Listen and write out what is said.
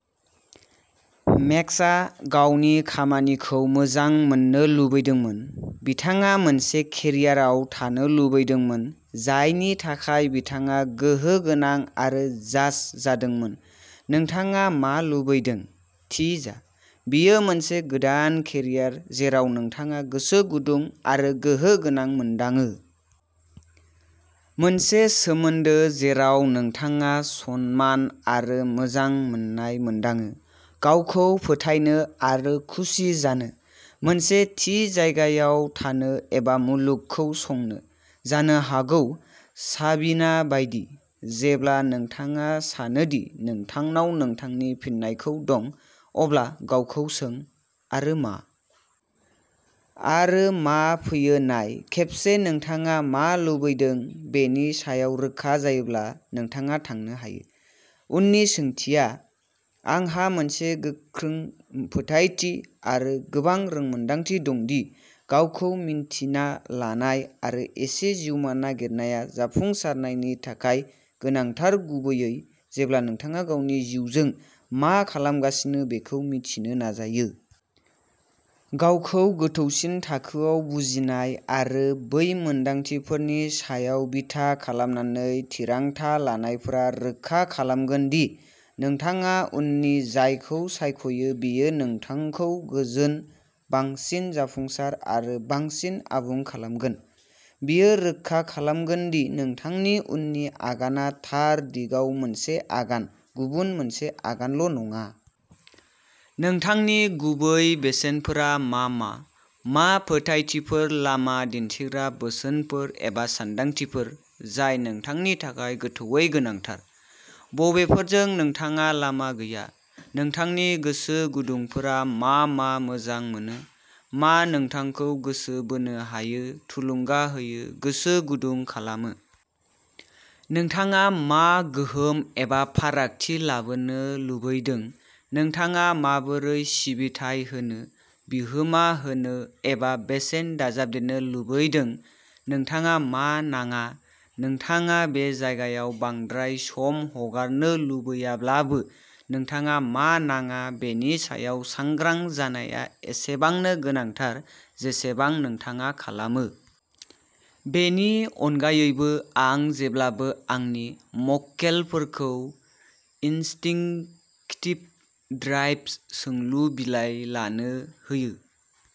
मेक्सआ गावनि खामानिखौ मोजां मोननो लुबैदोंमोन। बिथाङा मोनसे केरियार आव थानो लुबैदोंमोन जायनि थाखाय बिथाङा गोहो गोनां आरो "जाज" जादोंमोन। नोंथाङा मा लुबैदों? थि जा। बेयो मोनसे गोदान केरियार जेराव नोंथाङा गोसो गुदुं आरो गोहो गोनां मोनदाङो? मोनसे सोमोन्दो जेराव नोंथाङा सनमान आरो मोजां मोननाय मोनदाङो? गावखौ फोथायनो आरो खुसि जानो? मोनसे थि जायगायाव थानो एबा मुलुगखौ संनो? जानो हागौ, साबिना बायदि, जेब्ला नोंथाङा सानो दि नोंथांनाव नोंथांनि फिननायखौ दं, अब्ला गावखौ सों, "आरो मा? " आरो मा फैयो नाय। खेबसे नोंथाङा मा लुबैदों बेनि सायाव रोखा जायोब्ला, नोंथाङा थांनो हायो। उननि सोंथिया। आंहा मोनसे गोख्रों फोथायथि आरो गोबां रोंमोन्दांथि दं दि गावखौ-मिन्थिना लानाय आरो एसे जिउमा नागिरनाया जाफुंसारनायनि थाखाय गोनांथार-गुबैयै जेब्ला नोंथाङा गावनि जिउजों मा खालामगासिनो बेखौ मिथिनो नाजायो। गावखौ गोथौसिन थाखोआव बुजिनाय आरो बै मोनदांथिफोरनि सायाव बिथा खालामनानै थिरांथा लानायफोरा रोखा खालामगोन दि नोंथाङा उननि जायखौ सायख'यो बेयो नोंथांखौ गोजोन, बांसिन जाफुंसार आरो बांसिन आबुं खालामगोन। बेयो रोखा खालामगोन दि नोंथांनि उननि आगानआ थार दिगाव मोनसे आगान, गुबुन मोनसे आगानल'नङा। नोंथांनि गुबै बेसेनफोरा मा मा? मा फोथायथिफोर, लामा दिन्थिग्रा बोसोनफोर एबा सानदांथिफोर जाय नोंथांनि थाखाय गोथौवै गोनांथार? बबेफोरजों नोंथाङा लामा गैया? नोंथांनि गोसो गुदुंफोरा मा मा मोजां मोनो? मा नोंथांखौ गोसो बोनो हायो, थुलुंगा होयो, गोसो गुदुं खालामो? नोंथाङा मा गोहोम एबा फारागथि लाबोनो लुबैदों? नोंथाङा माबोरै सिबिथाइ होनो, बिहोमा होनो एबा बेसेन दाजाबदेरनो लुबैदों? नोंथाङा मा नाङा? नोंथाङा बे जायगायाव बांद्राय सम हगारनो लुबैयाब्लाबो, नोंथाङा मा नाङा बेनि सायाव सांग्रां जानाया एसेबांनो गोनांथार जेसेबां नोंथाङा खालामो! बेनि अनगायैबो, आं जेब्लाबो आंनि मक्केलफोरखौ इनस्टिंक्टिभ ड्राइभ्स सोंलु बिलाइ लानो होयो।